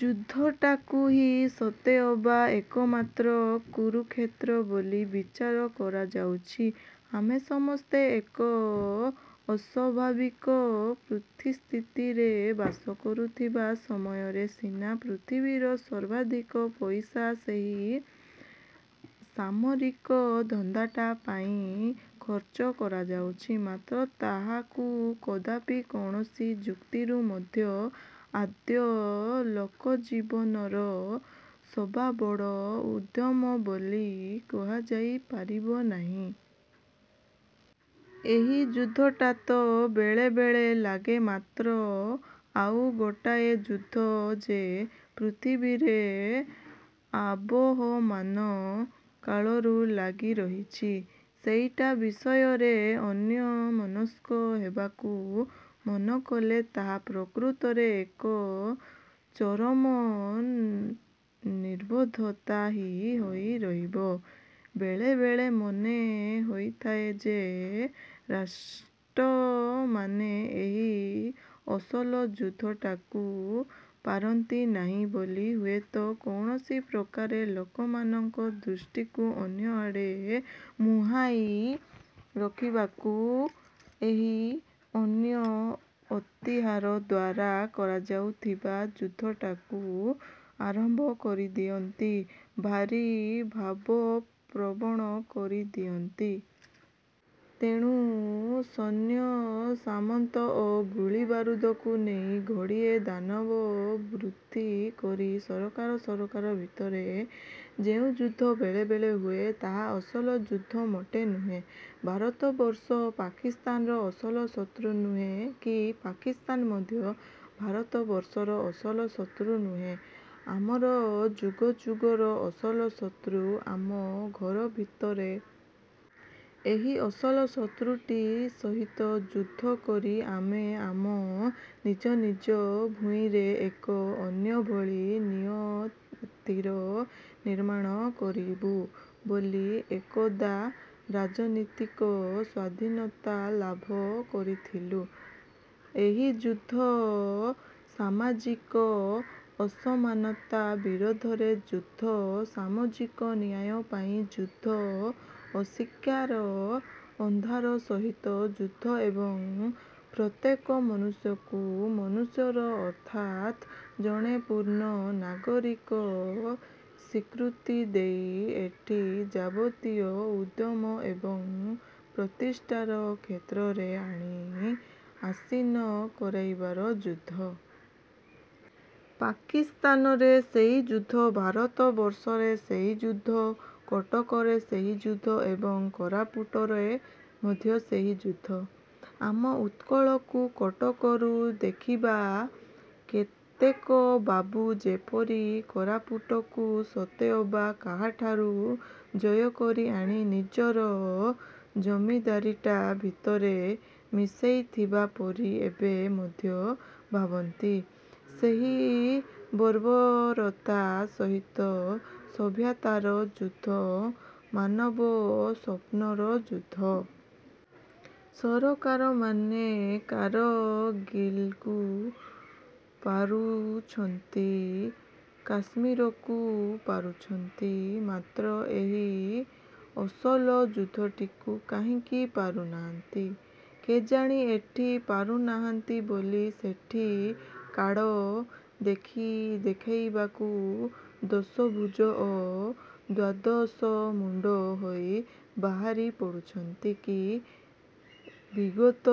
ଯୁଦ୍ଧଟାକୁ ଇ ସତେଅବା ଏକମାତ୍ର କୁରୁକ୍ଷେତ୍ର ବୋଲି ବିଚାର କରାଯାଉଛି। ଆମେ ସମସ୍ତେ ଏକ ଅସ୍ୱାଭାବିକ ପୃଥ୍ଵୀସ୍ଥିତିରେ ବାସ କରୁଥିବା ସମୟରେ ସିନା ପୃଥିବୀର ସର୍ବାଧିକ ପଇସା ସେହି ସାମରିକ ଧନ୍ଦାଟା ପାଇଁ ଖରଚ କରାଯାଉଛି ମାତ୍ର ତାହାକୁ କଦାପି କୌଣସି ଯୁକ୍ତିରୁ ମଧ୍ୟ ଆଦୟ ଲୋକଜୀବନର ସବାବଡ଼ ଉଦ୍ୟମ ବୋଲି କୁହାଯାଇ ପାରିବ ନାହିଁ। ଏହି ଯୁଦ୍ଧଟା ତ ବେଳେ ବେଳେ ଲାଗେ ମାତ୍ର ଆଉଗୋଟାଏ ଯୁଦ୍ଧ ଯେ ପୃଥିବୀରେ ଆବହମାନ କାଳରୁ ଲାଗିରହିଛି ସେଇଟା ବିଷୟରେ ଅନ୍ୟମନସ୍କ ହେବାକୁ ମନକଲେ ତାହା ପ୍ରକୃତରେ ଏକ ଚରମ ନିର୍ବୋଧତା ହିଁ ହୋଇ ରହିବ। ବେଳେ ବେଳେ ମନେ ହୋଇଥାଏ ଯେ ରାଷ୍ଟ୍ରମାନେ ଏହି ଅସଲ ଯୁଦ୍ଧଟାକୁ ପାରନ୍ତି ନାହିଁ ବୋଲି ହୁଏତ କୌଣସି ପ୍ରକାରେ ଲୋକମାନଙ୍କର ଦୃଷ୍ଟିକୁ ଅନ୍ୟଆଡ଼େ ମୁହାଁଇ ରଖିବାକୁ ଏହି ଅନ୍ୟ ହତିଆର ଦ୍ୱାରା କରାଯାଉଥିବା ଯୁଦ୍ଧଗୁଡ଼ାକୁ ଆରମ୍ଭ କରିଦିଅନ୍ତି ଭାରି ଭାବପ୍ରବଣ କରିଦିଅନ୍ତି। ତେଣୁ ସୈନ୍ୟସାମନ୍ତ ଓ ଗୁଳିବାରୁଦକୁ ନେଇ ଘଡ଼ିଏ ଦାନବବୃତ୍ତି କରି ସରକାର ସରକାର ଭିତରେ ଯେଉଁ ଯୁଦ୍ଧ ବେଳେବେଳେ ହୁଏ ତାହା ଅସଲ ଯୁଦ୍ଧ ମୋଟେ ନୁହେଁ। ଭାରତବର୍ଷ ପାକିସ୍ତାନର ଅସଲ ଶତ୍ରୁ ନୁହେଁ କି ପାକିସ୍ତାନ ମଧ୍ୟ ଭାରତବର୍ଷର ଅସଲ ଶତ୍ରୁ ନୁହେଁ। ଆମର ଯୁଗ ଯୁଗର ଅସଲ ଶତ୍ରୁ ଆମ ଘରଭିତରେ। ଏହି ଅସଲ ଶତ୍ରୁଟି ସହିତ ଯୁଦ୍ଧ କରି ଆମେ ଆମ ନିଜ ନିଜ ଭୂଇଁରେ ଏକ ଅନ୍ୟଭଳି ନିୟତିର ନିର୍ମାଣ କରିବୁ ବୋଲି ଏକଦା ରାଜନୀତିକ ସ୍ୱାଧୀନତା ଲାଭ କରିଥିଲୁ। ଏହି ଯୁଦ୍ଧ ସାମାଜିକ ଅସମାନତା ବିରୋଧରେ ଯୁଦ୍ଧ ସାମାଜିକ ନ୍ୟାୟ ପାଇଁ ଯୁଦ୍ଧ ଅଶିକ୍ଷାର ଅନ୍ଧାର ସହିତ ଯୁଦ୍ଧ ଏବଂ ପ୍ରତ୍ୟେକ ମନୁଷ୍ୟକୁ ମନୁଷ୍ୟର ଅର୍ଥାତ୍ ଜଣେ ପୂର୍ଣ୍ଣ ନାଗରିକର ସ୍ୱୀକୃତି ଦେଇ ଏଠି ଯାବତୀୟ ଉଦ୍ୟମ ଏବଂ ପ୍ରତିଷ୍ଠାର କ୍ଷେତ୍ରରେ ଆଣି ଆସୀନ କରାଇବାର ଯୁଦ୍ଧ। ପାକିସ୍ତାନରେ ସେଇ ଯୁଦ୍ଧ ଭାରତବର୍ଷର ସେଇ ଯୁଦ୍ଧ। କଟକରେ ସେଇ ଯୁଦ୍ଧ ଏବଂ କୋରାପୁଟରେ ମଧ୍ୟ ସେହି ଯୁଦ୍ଧ। ଆମ ଉତ୍କଳକୁ କଟକରୁ ଦେଖୁଥିବା କେତେକ ବାବୁ ଯେପରି କୋରାପୁଟକୁ ସତେଅବା କାହାଠାରୁ ଜୟକରି ଆଣି ନିଜର ଜମିଦାରୀଟା ଭିତରେ ମିଶାଇଥିବା ପରି ଏବେ ମଧ୍ୟ ଭାବନ୍ତି ସେହି ବର୍ବରତା ସହିତ ସଭ୍ୟତାର ଯୁଦ୍ଧ ମାନବସ୍ୱପ୍ନର ଯୁଦ୍ଧ। ସରକାରମାନେ କାରଗିଲ୍କୁ ପାରୁଛନ୍ତ କାଶ୍ମୀରକୁ ପାରୁଛନ୍ତି ମାତ୍ର ଏହି ଅସଲ ଯୁଦ୍ଧଟିକୁ କାହିଁକି ପାରୁନାହାନ୍ତି କେଜାଣି? ଏଠି ପାରୁନାହାନ୍ତି ବୋଲି ସେଠି କାଢ଼ ଦେଖାଇବାକୁ ଦଶଭୁଜ ଓ ଦ୍ଵାଦଶମୁଣ୍ଡ ହୋଇ ବାହାରି ପଡୁଛନ୍ତି କି? ବିଗତ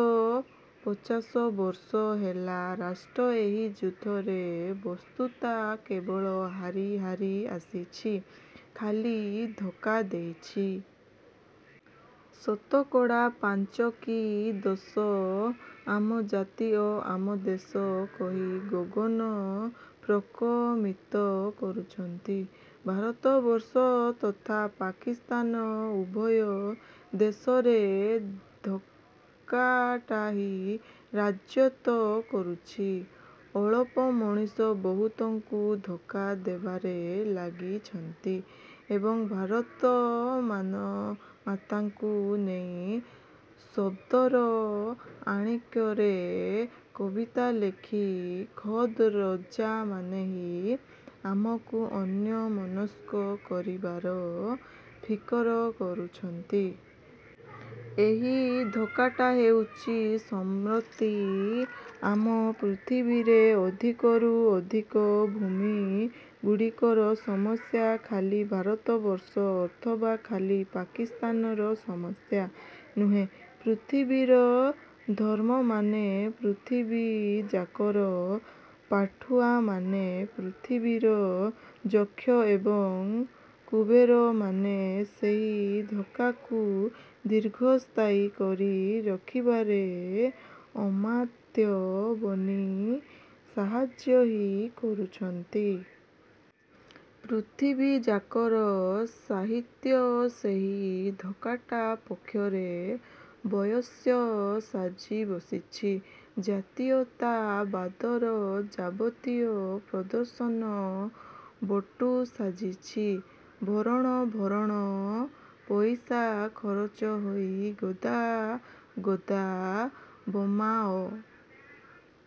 ପଚାଶ ବର୍ଷ ହେଲା ରାଷ୍ଟ୍ର ଏହି ଯୁଦ୍ଧରେ ବସ୍ତୁତଃ କେବଳ ହାରି ହାରି ଆସିଛି ଖାଲି ଧୋକା ଦେଇଛି। ଶତକଡ଼ା ପାଞ୍ଚ କି ଦଶ ଆମ ଜାତି ଓ ଆମ ଦେଶ କହି ଗଗନ ପ୍ରକମିତ କରୁଛନ୍ତି। ଭାରତବର୍ଷ ତଥା ପାକିସ୍ତାନ ଉଭୟ ଦେଶରେ ଧୋକାଟା ହିଁ ରାଜତ୍ୱ କରୁଛି। ଅଳପ ମଣିଷ ବହୁତଙ୍କୁ ଧୋକା ଦେବାରେ ଲାଗିଛନ୍ତି ଏବଂ ଭାରତମାତାଙ୍କୁ ନେଇ ଶବ୍ଦର ମାଣିକ୍ୟରେ କବିତା ଲେଖି ଖୋଦ୍ ରଜାମାନେ ହିଁ ଆମକୁ ଅନ୍ୟମନସ୍କ କରିବାର ଫିକର କରୁଛନ୍ତି। ଏହି ଧୋକାଟା ହେଉଛି ସମ୍ରତି ଆମ ପୃଥିବୀରେ ଅଧିକରୁ ଅଧିକ ଭୂମି ଗୁଡ଼ିକର ସମସ୍ୟା। ଖାଲି ଭାରତବର୍ଷ ଅଥବା ଖାଲି ପାକିସ୍ତାନର ସମସ୍ୟା ନୁହେଁ। ପୃଥିବୀର ଧର୍ମମାନେ ପୃଥିବୀଯାକର ପାଠୁଆମାନେଲପୃଥିବୀର ଯଖ ଏବଂ କୁବେରମାନେ ସେହି ଧୋକାକୁ ଦୀର୍ଘସ୍ଥାୟୀ କରି ରଖିବାରେ ଅମାତ୍ୟ ବନି ସାହାଯ୍ୟ ହିଁ କରୁଛନ୍ତି। ପୃଥିବୀଯାକର ସାହିତ୍ୟ ସେହି ଧୋକାଟା ପକ୍ଷରେ ବୟସ୍ୟ ସାଜି ବସିଛି। ଜାତୀୟତାବାଦର ଯାବତୀୟ ପ୍ରଦର୍ଶନ ବଟୁ ସାଜିଛି। ଭରଣ ଭରଣ ପଇସା ଖରଚ ହୋଇ ଗଦା ଗଦା ବୋମା ଓ